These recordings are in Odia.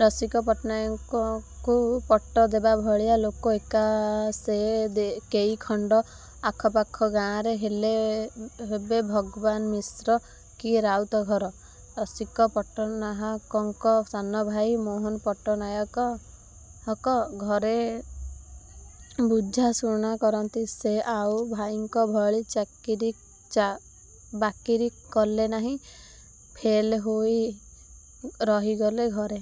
ରସିକ ପଟ୍ଟନାୟକଙ୍କୁ ପଟ୍ଟ ଦେବା ଭଳିଆ ଲୋକ ଏକା ସେ କେଇଖଣ୍ଡ ଆଖପାଖ ଗାଁରେ ହେଲେ ହେବେ ଭଗବାନ ମିଶ୍ର କି ରାଉତ ଘର। ରସିକପଟ୍ଟନାହାକଙ୍କ ସାନଭାଇ ମୋହନ ପଟ୍ଟନାହାକ ଘରେ ବୁଝାଶୁଣା କରନ୍ତି। ସେ ଆଉ ଭାଇଙ୍କ ଭଳି ଚାକିରି ଚା ବାକିରି କଲେ ନାହିଁ, ଫେଲ ହେଇ ରହିଗଲେ ଘରେ।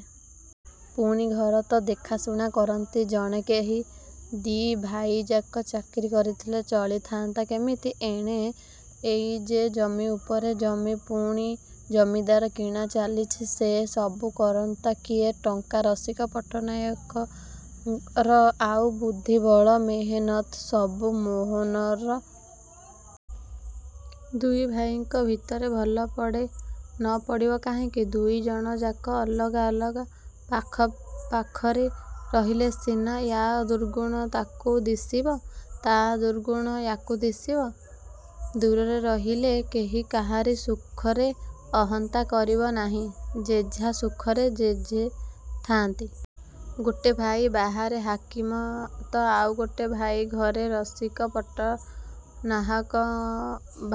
ପୁଣି ଘର ତ ଦେଖାଶୁଣା କରନ୍ତି ଜଣେ କେହି। ଦି' ଭାଇଯାକ ଚାକିରି କରିଥିଲେ ଚଳି ଥାଆନ୍ତା କିମିତି ଏଣେ। ଏଇ ଯେ ଜମି ଉପରେ ଜମି ପୁଣି ଜମିଦାର କିଣା ଚାଲିଚି ସେ ସବୁ କରନ୍ତା କିଏ? ଟଙ୍କା ରସିକ ପଟ୍ଟନାୟକର ଆଉ ବୁଦ୍ଧିବଳ ମେହନତ୍ ସବୁ ମୋହନର। ଦୁଇ ଭାଇଙ୍କ ଭିତରେ ଭଲପଡ଼େ। ନ ପଡ଼ିବ କାହିଁକି? ଦୁଇଜଣଯାକ ଅଲଗା ଅଲଗା। ପାଖ ପାଖରେ ରହିଲେ ସିନା ୟା ଦୁର୍ଗୁଣ ତାକୁ ଦିଶିବ ତା' ଦୁର୍ଗୁଣ ୟାକୁ ଦିଶିବ। ଦୂରରେ ରହିଲେ କେହି କାହାରି ସୁଖରେ ଅହନ୍ତା କରିବ ନାହିଁ। ଯେଝା ସୁଖରେ ଯେଝେ ଥାଆନ୍ତି। ଗୋଟେ ଭାଇ ବାହାରେ ହାକିମ ତ ଆଉ ଗୋଟେ ଭାଇ ଘରେ। ରସିକ ପଟ୍ଟନାହାକ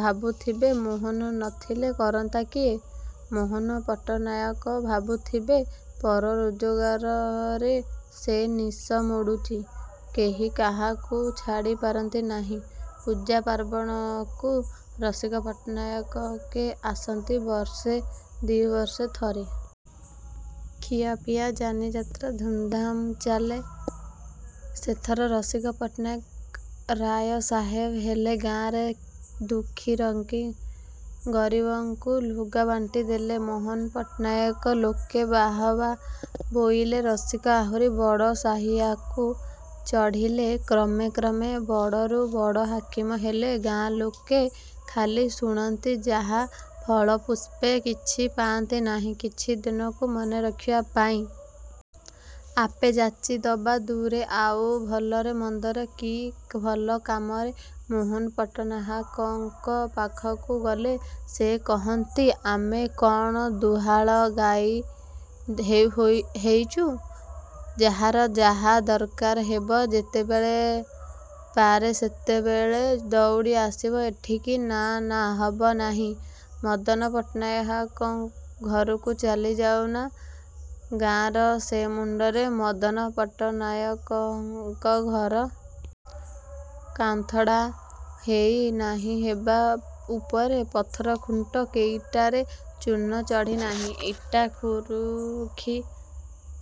ଭାବୁଥିବେ ''ମୋହନ ନଥିଲେ କରନ୍ତା କିଏ। '' ମୋହନ ପଟ୍ଟନାୟକ ଭାବୁଥିବେ ପର ରୋଜଗାରରେ ସେ ନିଶ ମୋଡ଼ୁଚି। କେହି କାହାକୁ ଛାଡ଼ି ପାରନ୍ତି ନାହିଁ । ପୂଜା ପାର୍ବଣକୁ ରସିକ ପଟ୍ଟନାୟକେ ଆସନ୍ତି ବର୍ଷେ ଦିବର୍ଷେ ଥରେ। ଖିଆ ପିଆ, ଯାନିଯାତ୍ରା ଧୁମ୍ଧାମ୍ ଚାଲେ। ସେଥର ରସିକ ପଟ୍ଟନାୟକ ରାୟ ସାହେବ ହେଲେ। ଗାଁରେ ଦୁଃଖିରଙ୍କି ଗରିବଙ୍କୁ ଲୁଗା ବାଣ୍ଟି ଦେଲେ ମୋହନପଟ୍ଟନାୟକ। ଲୋକେ ବାହବା ବୋଇଲେ। ରସିକ ଆହୁରି ବଡ଼ ସାହିଆକୁ ଚଢ଼ିଲେ। କ୍ରମେ କ୍ରମେ ବଡ଼ରୁ ବଡ଼ ହାକିମ ହେଲେ। ଗାଁ ଲୋକେ ଖାଲି ଶୁଣନ୍ତି ଯାହା ଫଳେପୁଷ୍ପେ କିଛି ପାଆନ୍ତି ନାହିଁ କିଛିଦିନକୁ ମନେରଖିବା ପାଇଁ। ଆପେ ଯାଚି ଦବା ଦୂରେ ଥାଉ, ଭଲରେ ମନ୍ଦରେ କି ଭଲକାମରେ ମୋହନ ପଟ୍ଟନାହାକଙ୍କ ପାଖକୁ ଗଲେ, ସେ କହନ୍ତି ଆମେ କ'ଣ ଦୁହାଁଳ ଗାଈ ହେଇଛୁ? ଯାହାର ଯାହା ଦରକାର ହେବ, ଯେତେବେଳେ ପାରେ ସେତେବେଳେ ଦଉଡ଼ି ଆସିବ ଏଠିକି? ନା ନା ହବ ନାହିଁ, ମଦନ ପଟ୍ଟନାହାକ ଘରକୁ ଚାଲିଯାଉ ନା'' ଗାଁର ସେ ମୁଣ୍ଡରେ ମଦନପଟ୍ଟନାୟକଙ୍କ ଘର। କାନ୍ଥଡ଼ା ହେଇ ନାହିଁ ହେବା ଉପରେ । ପଥର ଖୁଣ୍ଟ କେଇଟାରେ ଚୂନ ଚଢ଼ି ନାହିଁ। ଇଟା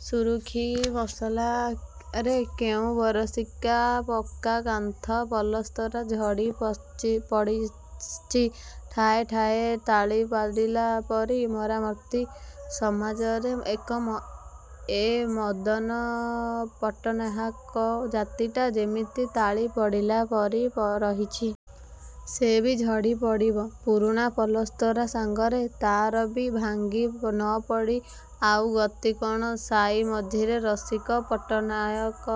ଶୁରୁଖୀ ମସଲାରେ କେଉଁ ବରଷିକା ପକ୍କା କାନ୍ଥ ପଲସ୍ତରା ଝଡ଼ି ପଡ଼ିଚି। ଠାଏ ଠାଏ ତାଳି ପଡ଼ିଲା ପରି ମରାମତି। ସମାଜରେ ଏ ମଦନ ପଟ୍ଟନାହାକ ଜାତିଟା ଯେମିତି ତାଳିପଡ଼ିଲା ପରି ବରହିଚି। ସେ ବି ଝଡ଼ି ପଡ଼ିବ। ପୁରୁଣା ପଲସ୍ତରା ସାଙ୍ଗରେ ତା'ରବି ଭାଙ୍ଗି ନପଡ଼ି ଆଉ ଗତି କ'ଣ ସାଇ ମଝିରେ ରସିକ ପଟ୍ଟନାୟକ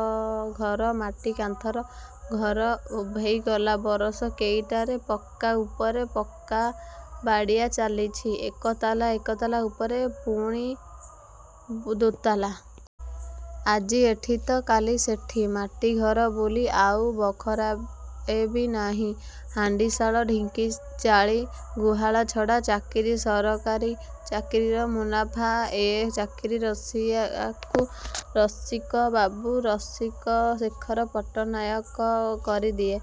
ଘର। ମାଟି କାନ୍ଥର ଘର ଉଭେଇଗଲା ବରଷ କେଇଟାରେ। ପକ୍କା ଉପରେ ପକ୍କା ବାଡ଼ିଆ ଚାଲିଚି। ଏକତାଲା ଏକତାଲା ଉପରେ ପୁଣି ଦୋତାଲା। ଆଜି ଏଠି ତ କାଲି ସେଠି। ମାଟି ଘର ବୋଲି ଆଉ ବଖରାଏବି ନାହିଁ ହାଣ୍ଡିଶାଳ, ଢିଙ୍କି ଚାଳି, ଗୁହାଳ ଛଡ଼ା। ଚାକିରି। ସରକାରୀ ଚାକିରିର ମୁନାଫା। ଏ ଚାକିରି, ରସିଆକୁ ରସିକବାବୁ ରସିକ ଶେଖର ପଟ୍ଟନାୟକ କରିଦିଏ।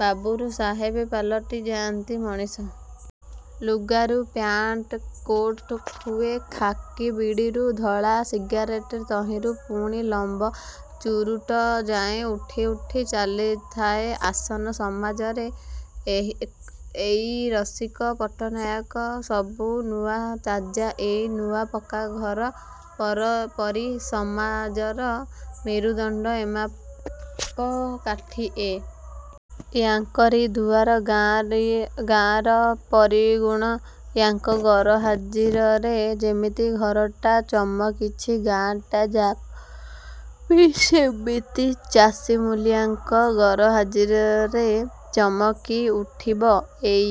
ବାବୁରୁ ସାହେବ ପାଲଟି ଯାନ୍ତି ମଣିଷ। ଲୁଗାରୁ ପ୍ୟାଣ୍ଟ କୋଟ୍ ହୁଏ। ଖାକି ବିଡ଼ିରୁ ଧଳା ସିଗାରେଟ୍ ତହିଁରୁ ପୁଣି ଲମ୍ବ ଚୁରୁଟ ଯାଏଁ ଉଠି ଉଠି ଚାଲିଥାଏ ଆସନ। ସମାଜରେ ଏଇ ରସିକ। ପଟ୍ଟନାୟକ ସବୁ ନୂଆ, ତାଜା, ଏଇ ନୂଆ ପକ୍କାଘର ପରି। ସମାଜର ମେରୁଦଣ୍ଡ ଏମାପ କାଠି ଏ। ୟାଙ୍କରି ଦୁଆର ଗାଁରେ ଗାଁର ପରିଗୁଣ। ୟାଙ୍କ ଗରହାଜିରରେ ଯେମିତି ଘରଟା ଚମକିଛି, ଗାଁଟାଯାକବି ସେମିତି ଚାଷୀ ମୂଲିଆଙ୍କ ଗରହାଜିରରେ ଚମିକି ଉଠିବ? ଏଇ